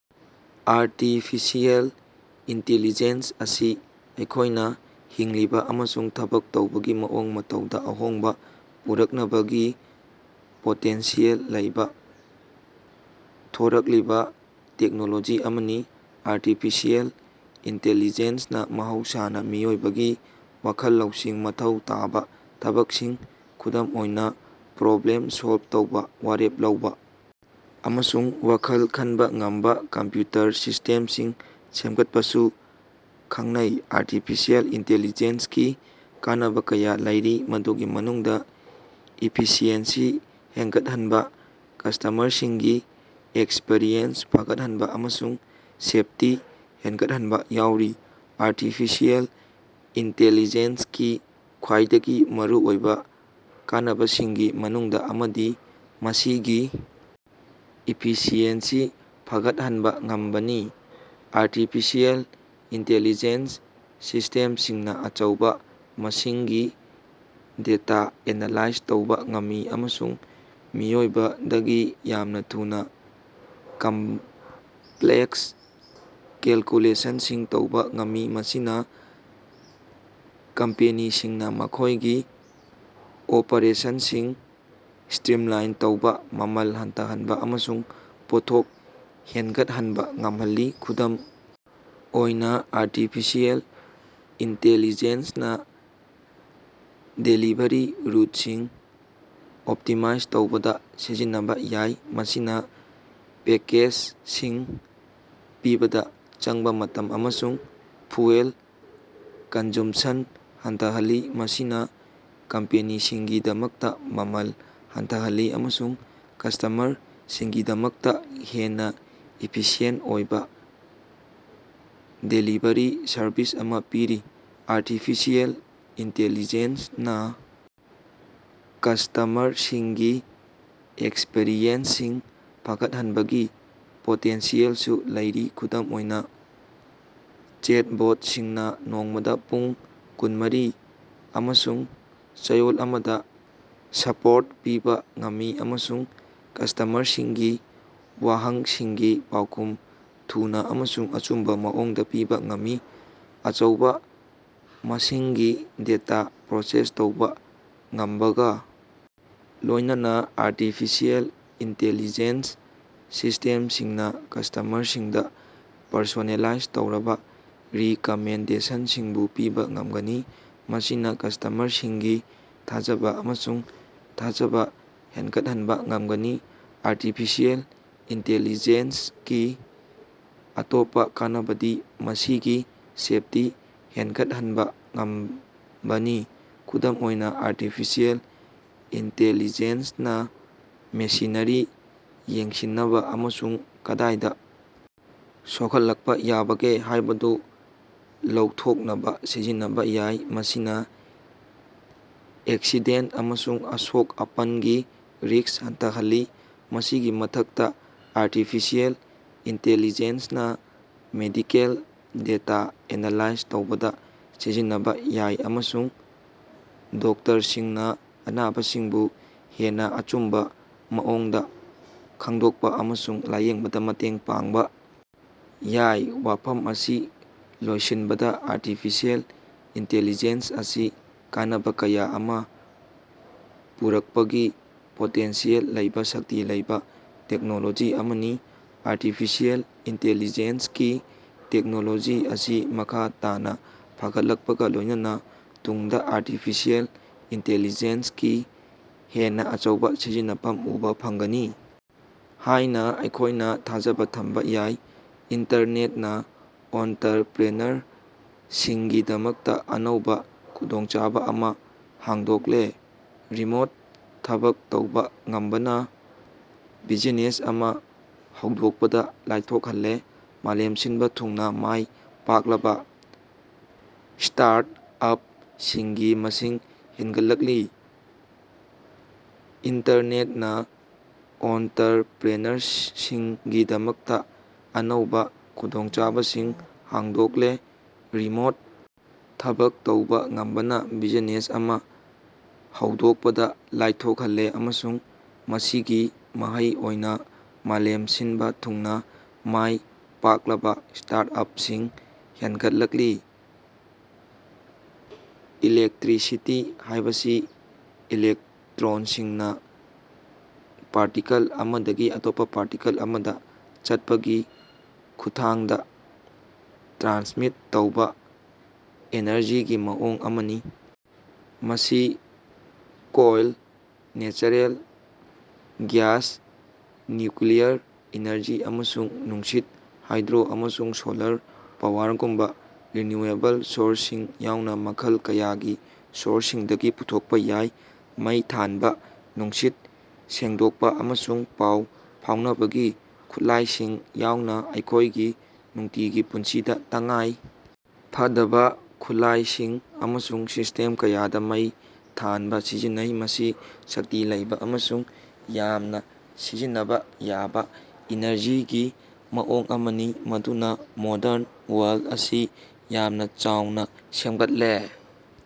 Artificial intelligence ꯑꯁꯤ ꯑꯩꯈꯣꯏꯅ ꯍꯤꯡꯂꯤꯕ ꯑꯃꯁꯨꯡ ꯊꯕꯛ ꯇꯧꯕꯒꯤ ꯃꯑꯣꯡ ꯃꯇꯧꯗ ꯑꯍꯣꯡꯕ ꯄꯨꯔꯛꯅꯕꯒꯤ ꯄꯣꯇꯦꯟꯁꯤꯌꯦꯜ ꯂꯩꯕ ꯊꯣꯔꯛꯂꯤꯕ ꯇꯦꯛꯅꯣꯂꯣꯖꯤ ꯑꯃꯅꯤ꯫ ꯑꯥꯔꯇꯤꯐꯤꯁꯤꯌꯦꯜ ꯏꯟꯇꯦꯂꯤꯖꯦꯟꯁꯅ ꯃꯍꯧꯁꯥꯅ ꯃꯤꯑꯣꯏꯕꯒꯤ ꯋꯥꯈꯜ ꯂꯧꯁꯤꯡ ꯃꯊꯧ ꯇꯥꯕ ꯊꯕꯛꯁꯤꯡ, ꯈꯨꯗꯝ ꯑꯣꯏꯅ ꯄ꯭ꯔꯣꯕ꯭ꯂꯦꯝ ꯁꯣꯜꯚ ꯇꯧꯕ, ꯋꯥꯔꯦꯞ ꯂꯧꯕ, ꯑꯃꯁꯨꯡ ꯋꯥꯈꯜ ꯈꯟꯕ ꯉꯝꯕ ꯀꯝꯄ꯭ꯌꯨꯇꯔ ꯁꯤꯁꯇꯦꯝꯁꯤꯡ ꯁꯦꯝꯒꯠꯄꯕꯨ ꯈꯪꯅꯩ꯫ ꯑꯥꯔꯇꯤꯐꯤꯁꯤꯑꯦꯜ ꯏꯟꯇꯦꯂꯤꯖꯦꯟꯁꯀꯤ ꯀꯥꯟꯅꯕ ꯀꯌꯥ ꯂꯩꯔꯤ꯫ ꯃꯗꯨꯒꯤ ꯃꯅꯨꯡꯗ ꯏꯐꯤꯁꯤꯑꯦꯟꯁꯤ ꯍꯦꯟꯒꯠꯍꯟꯕ, ꯀꯁꯇꯃꯔꯁꯤꯡꯒꯤ ꯑꯦꯛꯁꯄꯤꯔꯤꯌꯦꯟꯁ ꯐꯒꯠꯍꯟꯕ, ꯑꯃꯁꯨꯡ ꯁꯦꯐꯇꯤ ꯍꯦꯟꯒꯠꯍꯟꯕ ꯌꯥꯎꯔꯤ꯫ ꯑꯥꯔꯇꯤꯐꯤꯁꯤꯌꯦꯜ ꯏꯟꯇꯦꯂꯤꯖꯦꯟꯁ ꯀꯤ ꯈ꯭ꯋꯥꯏꯗꯒꯤ ꯃꯔꯨꯑꯣꯏꯕ ꯀꯥꯟꯅꯕꯁꯤꯡꯒꯤ ꯃꯅꯨꯡꯗ ꯑꯃꯗꯤ ꯃꯁꯤꯒꯤ ꯏꯐꯤꯁꯤꯑꯦꯟꯁꯤ ꯐꯒꯠꯍꯟꯕ ꯉꯝꯕꯅꯤ꯫ ꯑꯥꯔꯇꯤꯐꯤꯁꯤꯌꯦꯜ ꯏꯟꯇꯦꯂꯤꯖꯦꯟꯁ ꯁꯤꯁꯇꯦꯝꯁꯤꯡꯅ ꯑꯆꯧꯕ ꯃꯁꯤꯡꯒꯤ ꯗꯦꯇꯥ ꯑꯦꯅꯂꯥꯏꯖ ꯇꯧꯕ ꯉꯝꯃꯤ ꯑꯃꯁꯨꯡ ꯃꯤꯑꯣꯏꯕꯗꯒꯤ ꯌꯥꯝꯅ ꯊꯨꯅ ꯀꯝꯄ꯭ꯂꯦꯛꯁ ꯀꯦꯜꯀꯨꯂꯦꯁꯟꯁꯤꯡ ꯇꯧꯕ ꯉꯝꯃꯤ꯫ ꯃꯁꯤꯅ ꯀꯝꯄꯦꯅꯤꯁꯤꯡꯅ ꯃꯈꯣꯏꯒꯤ ꯑꯣꯄꯔꯦꯁꯟꯁꯤꯡ ꯁ꯭ꯇꯔꯤꯝꯂꯥꯏꯟ ꯇꯧꯕ, ꯃꯃꯜ ꯍꯟꯊꯍꯟꯕ ꯑꯃꯁꯨꯡ ꯄꯣꯠꯊꯣꯛ ꯍꯦꯟꯒꯠꯍꯟꯕ ꯉꯝꯍꯜꯂꯤ꯫ ꯈꯨꯗꯝ ꯑꯣꯏꯅ, ꯑꯥꯔꯇꯤꯐꯤꯁꯤꯌꯦꯜ ꯏꯟꯇꯦꯂꯤꯖꯦꯟꯁꯅ ꯗꯦꯂꯤꯚꯔꯤ ꯔꯨꯠꯁꯤꯡ ꯑꯣꯞꯇꯤꯃꯥꯏꯖ ꯇꯧꯕꯗ ꯁꯤꯖꯤꯟꯅꯕ ꯌꯥꯏ꯫ ꯃꯁꯤꯅ ꯄꯦꯀꯦꯖꯁꯤꯡ ꯄꯤꯕꯗ ꯆꯪꯕ ꯃꯇꯝ ꯑꯃꯁꯨꯡ ꯐ꯭ꯌꯨꯑꯦꯜ ꯀꯟꯖ꯭ꯌꯨꯝꯄꯁꯟ ꯍꯟꯊꯍꯜꯂꯤ꯫ ꯃꯁꯤꯅ ꯀꯝꯄꯦꯅꯤꯁꯤꯡꯒꯤꯗꯃꯛꯇ ꯃꯃꯜ ꯍꯟꯊꯍꯜꯂꯤ ꯑꯃꯁꯨꯡ ꯀꯁꯇꯃꯔꯁꯤꯡꯒꯤꯗꯃꯛꯇ ꯍꯦꯟꯅ ꯏꯐꯤꯁꯤꯌꯦꯟꯇ ꯑꯣꯏꯕ ꯗꯦꯂꯤꯚꯔꯤ ꯁꯔꯚꯤꯁ ꯑꯃ ꯄꯤꯔꯤ꯫ ꯑꯥꯔꯇꯤꯐꯤꯁꯤꯌꯦꯜ ꯏꯟꯇꯦꯂꯤꯖꯦꯟꯁꯅ ꯀꯁꯇꯃꯔꯁꯤꯡꯒꯤ ꯑꯦꯛꯁꯄꯤꯔꯤꯌꯦꯟꯁꯁꯤꯡ ꯐꯒꯠꯍꯟꯕꯒꯤ ꯄꯣꯇꯦꯟꯁꯤꯌꯦꯜꯁꯨ ꯂꯩꯔꯤ꯫ ꯈꯨꯗꯝ ꯑꯣꯏꯅ, ꯆꯦꯠꯕꯣꯠꯁꯤꯡꯅ ꯅꯣꯡꯃꯗ ꯄꯨꯡ ꯀꯨꯟꯃꯔꯤ ꯑꯃꯥꯁꯨꯡ ꯆꯌꯣꯜ ꯑꯃ ꯁꯄꯣꯔꯠ ꯄꯤꯕ ꯉꯝꯃꯤ ꯑꯃꯁꯨꯡ ꯀꯁꯇꯃꯔꯁꯤꯡꯒꯤ ꯋꯥꯍꯪꯁꯤꯡꯒꯤ ꯄꯥꯎꯈꯨꯝ ꯊꯨꯅ ꯑꯃꯁꯨꯡ ꯑꯆꯨꯝꯕ ꯃꯑꯣꯡꯗ ꯄꯤꯕ ꯉꯝꯃꯤ꯫ ꯑꯆꯧꯕ ꯃꯁꯤꯡꯒꯤ ꯗꯦꯇꯥ ꯄ꯭ꯔꯣꯁꯦꯁ ꯇꯧꯕ ꯉꯝꯕꯒ ꯂꯣꯏꯅꯅ ꯑꯥꯔꯇꯤꯐꯤꯁꯤꯌꯦꯜ ꯏꯟꯇꯦꯂꯤꯖꯦꯟꯁ ꯁꯤꯁꯇꯦꯝꯁꯤꯡꯅ ꯀꯁꯇꯃꯔꯁꯤꯡꯗ ꯄꯔꯁꯣꯅꯦꯜꯂꯥꯏꯖ ꯇꯧꯔꯕ ꯔꯤꯀꯃꯦꯟꯗꯦꯁꯟꯁꯤꯡꯁꯨ ꯄꯤꯕ ꯉꯝꯒꯅꯤ꯫ ꯃꯁꯤꯅ ꯀꯁꯇꯃꯔꯁꯤꯡꯒꯤ ꯊꯥꯖꯕ ꯑꯃꯁꯨꯡ ꯊꯥꯖꯕ ꯍꯦꯟꯒꯠꯍꯟꯕ ꯉꯝꯒꯅꯤ꯫ ꯑꯥꯔꯇꯤꯐꯤꯁꯤꯌꯦꯜ ꯏꯟꯇꯦꯂꯤꯖꯦꯟꯁꯀꯤ ꯑꯇꯣꯞꯄ ꯀꯥꯟꯅꯕꯗꯤ ꯃꯁꯤꯒꯤ ꯁꯦꯐꯇꯤ ꯍꯦꯟꯒꯠꯍꯟꯕ ꯉꯝꯕꯅꯤ꯫ ꯈꯨꯗꯝ ꯑꯣꯏꯅ, ꯑꯥꯔꯇꯤꯐꯤꯁꯤꯌꯦꯜ ꯏꯟꯇꯦꯟꯂꯤꯖꯦꯟꯁꯅ ꯃꯦꯁꯤꯅꯔꯤ ꯌꯦꯡꯁꯤꯟꯅꯕ ꯑꯃꯁꯨꯡ ꯀꯗꯥꯏꯗ ꯁꯣꯛꯍꯜꯂꯛꯄ ꯌꯥꯕꯒꯦ ꯍꯥꯏꯕꯗꯨ ꯂꯧꯊꯣꯛꯅꯕ ꯁꯤꯖꯤꯟꯅꯕ ꯌꯥꯏ꯫ ꯃꯁꯤꯅ ꯑꯦꯛꯁꯤꯗꯦꯟꯇ ꯑꯃꯁꯨꯡ ꯑꯁꯣꯛ-ꯑꯄꯟꯒꯤ ꯔꯤꯁ꯭ꯛ ꯍꯟꯊꯍꯜꯂꯤ꯫ ꯃꯁꯤꯒꯤ ꯃꯊꯛꯇ, ꯑꯥꯔꯇꯤꯐꯤꯁꯤꯌꯦꯜ ꯏꯟꯇꯦꯂꯤꯖꯦꯟꯁꯅ ꯃꯦꯗꯤꯀꯜ ꯗꯦꯇꯥ ꯑꯦꯅꯂꯥꯏꯖ ꯇꯧꯕꯗ ꯁꯤꯖꯤꯟꯅꯕ ꯌꯥꯏ ꯑꯃꯁꯨꯡ ꯗꯣꯛꯇꯔꯁꯤꯡꯅ ꯑꯅꯥꯕꯁꯤꯡꯕꯨ ꯍꯦꯟꯅ ꯑꯆꯨꯝꯕ ꯃꯑꯣꯡꯗ ꯈꯪꯗꯣꯛꯄ ꯑꯃꯁꯨꯡ ꯂꯥꯌꯦꯡꯕꯗ ꯃꯇꯦꯡ ꯄꯥꯡꯕ ꯌꯥꯏ꯫ ꯋꯥꯐꯝ ꯑꯁꯤ ꯂꯣꯏꯁꯤꯟꯕꯗ ꯑꯥꯔꯇꯤꯐꯤꯁꯤꯑꯦꯜ ꯏꯟꯇꯦꯂꯤꯖꯦꯟꯁ ꯑꯁꯤ ꯀꯥꯟꯅꯕ ꯀꯌꯥ ꯑꯃ ꯄꯨꯔꯛꯄꯒꯤ ꯄꯣꯇꯦꯟꯁꯤꯌꯦꯜ ꯂꯩꯕ ꯁꯛꯇꯤ ꯂꯩꯕ ꯇꯦꯛꯅꯣꯂꯣꯖꯤ ꯑꯃꯅꯤ꯫ ꯑꯥꯔꯇꯤꯐꯤꯁꯤꯌꯦꯜ ꯏꯟꯇꯦꯂꯤꯖꯦꯟꯁꯀꯤ ꯇꯦꯛꯅꯣꯂꯣꯖꯤ ꯑꯁꯤ ꯃꯈꯥ ꯇꯥꯅ ꯐꯒꯠꯂꯛꯄꯒ ꯂꯣꯏꯅꯅ ꯇꯨꯡꯗ ꯑꯥꯔꯇꯤꯐꯤꯁꯤꯌꯦꯜ ꯏꯟꯇꯦꯂꯤꯖꯦꯟꯁꯀꯤ ꯍꯦꯟꯅ ꯑꯅꯧꯕ ꯁꯤꯖꯤꯟꯅꯐꯝ ꯎꯕ ꯐꯪꯒꯅꯤ ꯍꯥꯏꯅ ꯑꯩꯈꯣꯏꯅ ꯊꯥꯖꯕ ꯊꯝꯕ ꯌꯥꯏ꯫ ꯏꯟꯇꯔꯅꯦꯠꯅ ꯑꯣꯟꯇꯔꯄ꯭ꯔꯦꯅꯔꯁꯤꯡꯒꯤꯗꯃꯛꯇ ꯑꯅꯧꯕ ꯈꯨꯗꯣꯡꯆꯥꯕ ꯑꯃ ꯍꯥꯡꯗꯣꯛꯂꯦ꯫ ꯔꯤꯃꯣꯠ ꯊꯕꯛ ꯇꯧꯕ ꯉꯝꯕꯅ ꯕꯤꯖꯤꯅꯦꯁ ꯑꯃ ꯍꯧꯗꯣꯛꯄꯗ ꯂꯥꯏꯊꯣꯛꯍꯜꯂꯦ꯫ ꯃꯥꯂꯦꯝ ꯁꯤꯟꯕ ꯊꯨꯡꯅ ꯃꯥꯏ ꯄꯥꯛꯂꯕ ꯁ꯭ꯇꯥꯔꯠ-ꯑꯞꯁꯤꯡꯒꯤ ꯃꯁꯤꯡ ꯍꯦꯟꯒꯠꯂꯛꯂꯤ꯫ ꯏꯟꯇꯔꯅꯦꯠꯅ ꯑꯣꯟꯇꯔꯄ꯭ꯔꯦꯅꯔꯁꯤꯡꯒꯤꯗꯃꯛꯇ ꯑꯅꯧꯕ ꯈꯨꯗꯣꯡꯆꯥꯕꯁꯤꯡ ꯍꯥꯡꯗꯣꯛꯂꯦ꯫ ꯔꯤꯃꯣꯠ ꯊꯕꯛ ꯇꯧꯕ ꯉꯝꯕꯅ ꯕꯤꯖꯤꯅꯦꯁ ꯑꯃ ꯍꯧꯗꯣꯛꯄꯗ ꯂꯥꯏꯊꯣꯛꯍꯜꯂꯦ ꯑꯃꯁꯨꯡ ꯃꯁꯤꯒꯤ ꯃꯍꯩ ꯑꯣꯏꯅ ꯃꯥꯂꯦꯝ ꯁꯤꯟꯕ ꯊꯨꯡꯅ ꯃꯥꯏ ꯄꯥꯛꯂꯕ ꯁ꯭ꯇꯥꯔꯠ-ꯑꯞꯁꯤꯡ ꯍꯦꯟꯒꯠꯂꯛꯂꯤ꯫ ꯏꯂꯦꯛꯇ꯭ꯔꯤꯁꯤꯇꯤ ꯍꯥꯏꯕꯁꯤ ꯏꯂꯦꯛꯇ꯭ꯔꯣꯟꯁꯤꯡꯅ ꯄꯥꯔꯇꯤꯀꯜ ꯑꯃꯗꯒꯤ ꯑꯇꯣꯞꯄ ꯄꯥꯔꯇꯤꯀꯜ ꯑꯃꯗ ꯆꯠꯄꯒꯤ ꯈꯨꯠꯊꯥꯡꯗ ꯇ꯭ꯔꯥꯟꯁꯃꯤꯠ ꯇꯧꯕ ꯑꯦꯅꯔꯖꯤꯒꯤ ꯃꯑꯣꯡ ꯑꯃꯅꯤ꯫ ꯃꯁꯤ coal, natural gas, nuclear energy ꯑꯃꯁꯨꯡ ꯅꯨꯡꯁꯤꯠ, ꯍꯥꯏꯗ꯭ꯔꯣ, ꯑꯃꯁꯨꯡ ꯁꯣꯂꯔ ꯄꯥꯋꯔꯒꯨꯝꯕ ꯔꯤꯅ꯭ꯌꯨꯑꯦꯕꯜ ꯁꯣꯔꯁꯁꯤꯡ ꯌꯥꯎꯅ ꯃꯈꯜ ꯀꯌꯥꯒꯤ ꯁꯣꯔꯁꯁꯤꯡꯗꯒꯤ ꯄꯨꯊꯣꯛꯄ ꯌꯥꯏ꯫ ꯃꯩ ꯊꯥꯟꯕ, ꯅꯨꯡꯁꯤꯠ ꯁꯦꯡꯗꯣꯛꯄ ꯑꯃꯁꯨꯡ ꯄꯥꯎ ꯐꯥꯎꯅꯕꯒꯤ ꯈꯨꯠꯂꯥꯏꯁꯤꯡ ꯌꯥꯎꯅ ꯑꯩꯈꯣꯏꯒꯤ ꯅꯨꯡꯇꯤꯒꯤ ꯄꯨꯟꯁꯤꯗ ꯇꯉꯥꯏ ꯐꯗꯕ ꯈꯨꯠꯂꯥꯏꯁꯤꯡ ꯑꯃꯁꯨꯡ ꯁꯤꯁꯇꯦꯝ ꯀꯌꯥꯗ ꯃꯩ ꯊꯥꯟꯕ ꯁꯤꯖꯤꯟꯅꯩ꯫ ꯃꯁꯤ ꯁꯛꯇꯤ ꯂꯩꯕ ꯑꯃꯁꯨꯡ ꯌꯥꯝꯅ ꯁꯤꯖꯤꯟꯅꯕ ꯌꯥꯕ ꯏꯅꯔꯖꯤꯒꯤ ꯃꯑꯣꯡ ꯑꯃꯅꯤ ꯃꯗꯨꯅ ꯃꯣꯗꯔꯟ ꯋꯥꯔꯜꯗ ꯑꯁꯤ ꯌꯥꯝꯅ ꯆꯥꯎꯅ ꯁꯦꯝꯒꯠꯂꯦ꯫